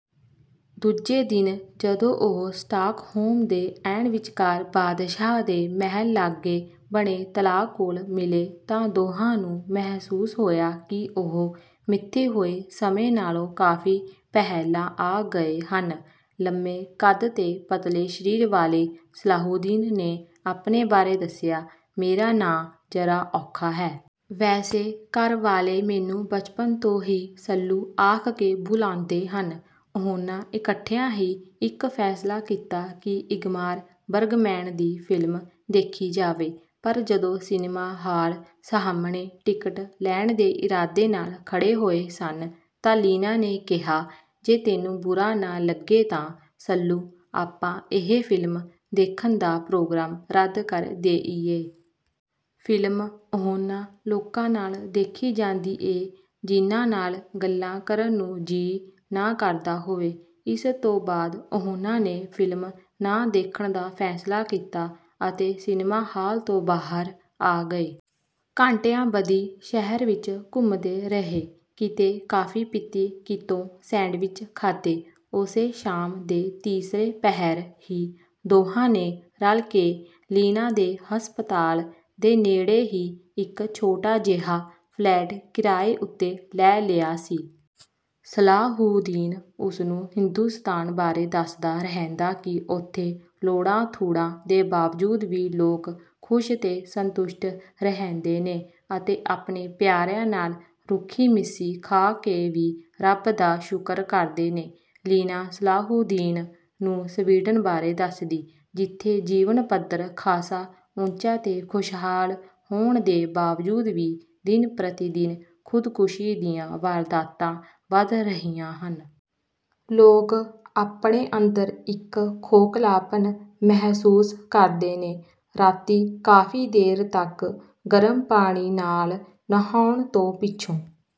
ਦੂਜੇ ਦਿਨ, ਜਦੋਂ ਉਹ ਸਟਾਕਹੋਮ ਦੇ ਐਨ ਵਿਚਕਾਰ ਬਾਦਸ਼ਾਹ ਦੇ ਮਹਿਲ ਲਾਗੇ ਬਣੇ ਤਲਾਅ ਕੋਲ ਮਿਲੇ, ਤਾਂ ਦੋਹਾਂ ਨੂੰ ਮਹਿਸੂਸ ਹੋਇਆ ਕਿ ਉਹ ਮਿੱਥੇ ਹੋਏ ਸਮੇਂ ਨਾਲੋਂ ਕਾਫ਼ੀ ਪਹਿਲਾਂ ਆ ਗਏ ਹਨ। ਲੰਮੇ ਕੱਦ ਤੇ ਪਤਲੇ ਸਰੀਰ ਵਾਲੇ ਸਲਾਹੂਦੀਨ ਨੇ ਆਪਣੇ ਬਾਰੇ ਦੱਸਿਆ, "ਮੇਰਾ ਨਾਂ ਜ਼ਰਾ ਔਖਾ ਹੈ... ਵੈਸੇ ਘਰ ਵਾਲੇ ਮੈਨੂੰ ਬਚਪਨ ਤੋਂ ਹੀ ਸੱਲੂ ਆਖ ਕੇ ਬੁਲਾਂਦੇ ਨੇ।" ਉਹਨਾਂ ਇਕੱਠਿਆਂ ਹੀ ਇੱਕ ਫ਼ੈਸਲਾ ਕੀਤਾ ਕਿ ਇੰਗਮਾਰ ਬਰਗਮੈਨ ਦੀ ਫ਼ਿਲਮ ਦੇਖੀ ਜਾਵੇ। ਪਰ ਜਦੋਂ ਸਿਨੇਮਾ ਹਾਲ ਸਾਹਮਣੇ ਟਿਕਟ ਲੈਣ ਦੇ ਇਰਾਦੇ ਨਾਲ ਖੜ੍ਹੇ ਹੋਏ ਸਨ, ਤਾਂ ਲੀਨਾ ਨੇ ਕਿਹਾ, "ਜੇ ਤੈਨੂੰ ਬੁਰਾ ਨਾ ਲੱਗੇ ਤਾਂ, ਸੱਲੂ, ਆਪਾਂ ਇਹ ਫ਼ਿਲਮ ਦੇਖਣ ਦਾ ਪ੍ਰੋਗਰਾਮ ਰੱਦ ਕਰ ਦੇਈਏ। ਫ਼ਿਲਮ ਉਹਨਾਂ ਲੋਕਾਂ ਨਾਲ ਦੇਖੀ ਜਾਂਦੀ ਏ, ਜਿਨ੍ਹਾਂ ਨਾਲ ਗੱਲਾਂ ਕਰਨ ਨੂੰ ਜੀਅ ਨਾ ਕਰਦਾ ਹੋਵੇ।" ਇਸ ਤੋਂ ਬਾਅਦ ਉਹਨਾਂ ਨੇ ਫ਼ਿਲਮ ਨਾ ਦੇਖਣ ਦਾ ਫ਼ੈਸਲਾ ਕੀਤਾ ਅਤੇ ਸਿਨੇਮਾ ਹਾਲ ਤੋਂ ਬਾਹਰ ਆ ਗਏ। ਘੰਟਿਆਂ ਬੱਧੀ ਸ਼ਹਿਰ ਵਿੱਚ ਘੁੰਮਦੇ ਰਹੇ। ਕਿਤੇ ਕਾਫ਼ੀ ਪੀਤੀ, ਕਿਤੋਂ ਸੈਂਡਵਿਚ ਖਾਧੇ। ਉਸੇ ਸ਼ਾਮ ਦੇ ਤੀਸਰੇ ਪਹਿਰ ਹੀ ਦੋਹਾਂ ਨੇ ਰਲ ਕੇ, ਲੀਨਾ ਦੇ ਹਸਪਤਾਲ ਦੇ ਨੇੜੇ ਹੀ ਇੱਕ ਛੋਟਾ ਜਿਹਾ ਫ਼ਲੈਟ ਕਿਰਾਏ ਉੱਤੇ ਲੈ ਲਿਆ ਸੀ। ਸਲਾਹੂਦੀਨ ਉਸਨੂੰ ਹਿੰਦੁਸਤਾਨ ਬਾਰੇ ਦੱਸਦਾ ਰਹਿੰਦਾ ਕਿ ਉੱਥੇ ਲੋੜਾਂ-ਥੁੜਾਂ ਦੇ ਬਾਵਜੂਦ ਵੀ ਲੋਕ ਖੁਸ਼ ਤੇ ਸੰਤੁਸ਼ਟ ਰਹਿੰਦੇ ਨੇ ਅਤੇ ਆਪਣੇ ਪਿਆਰਿਆਂ ਨਾਲ ਰੁੱਖੀ-ਮਿੱਸੀ ਖਾ ਕੇ ਵੀ ਰੱਬ ਦਾ ਸ਼ੁਕਰ ਕਰਦੇ ਨੇ। ਲੀਨਾ ਸਲਾਹੂਦੀਨ ਨੂੰ ਸਵੀਡਨ ਬਾਰੇ ਦੱਸਦੀ—ਜਿੱਥੇ ਜੀਵਨ-ਪੱਧਰ ਖਾਸਾ ਉੱਚਾ ਤੇ ਖੁਸ਼ਹਾਲ ਹੋਣ ਦੇ ਬਾਵਜੂਦ ਵੀ ਦਿਨ-ਪ੍ਰਤੀ-ਦਿਨ ਖ਼ੁਦਕੁਸ਼ੀ ਦੀਆਂ ਵਾਰਦਾਤਾਂ ਵੱਧ ਰਹੀਆਂ ਹਨ। ਲੋਕ ਆਪਣੇ ਅੰਦਰ ਇੱਕ ਖੋਖਲਾਪਨ ਮਹਿਸੂਸ ਕਰਦੇ ਨੇ। ਰਾਤੀਂ ਕਾਫ਼ੀ ਦੇਰ ਤੱਕ ਗਰਮ ਪਾਣੀ ਨਾਲ ਨਹਾਉਣ ਤੋਂ ਪਿੱਛੋਂ...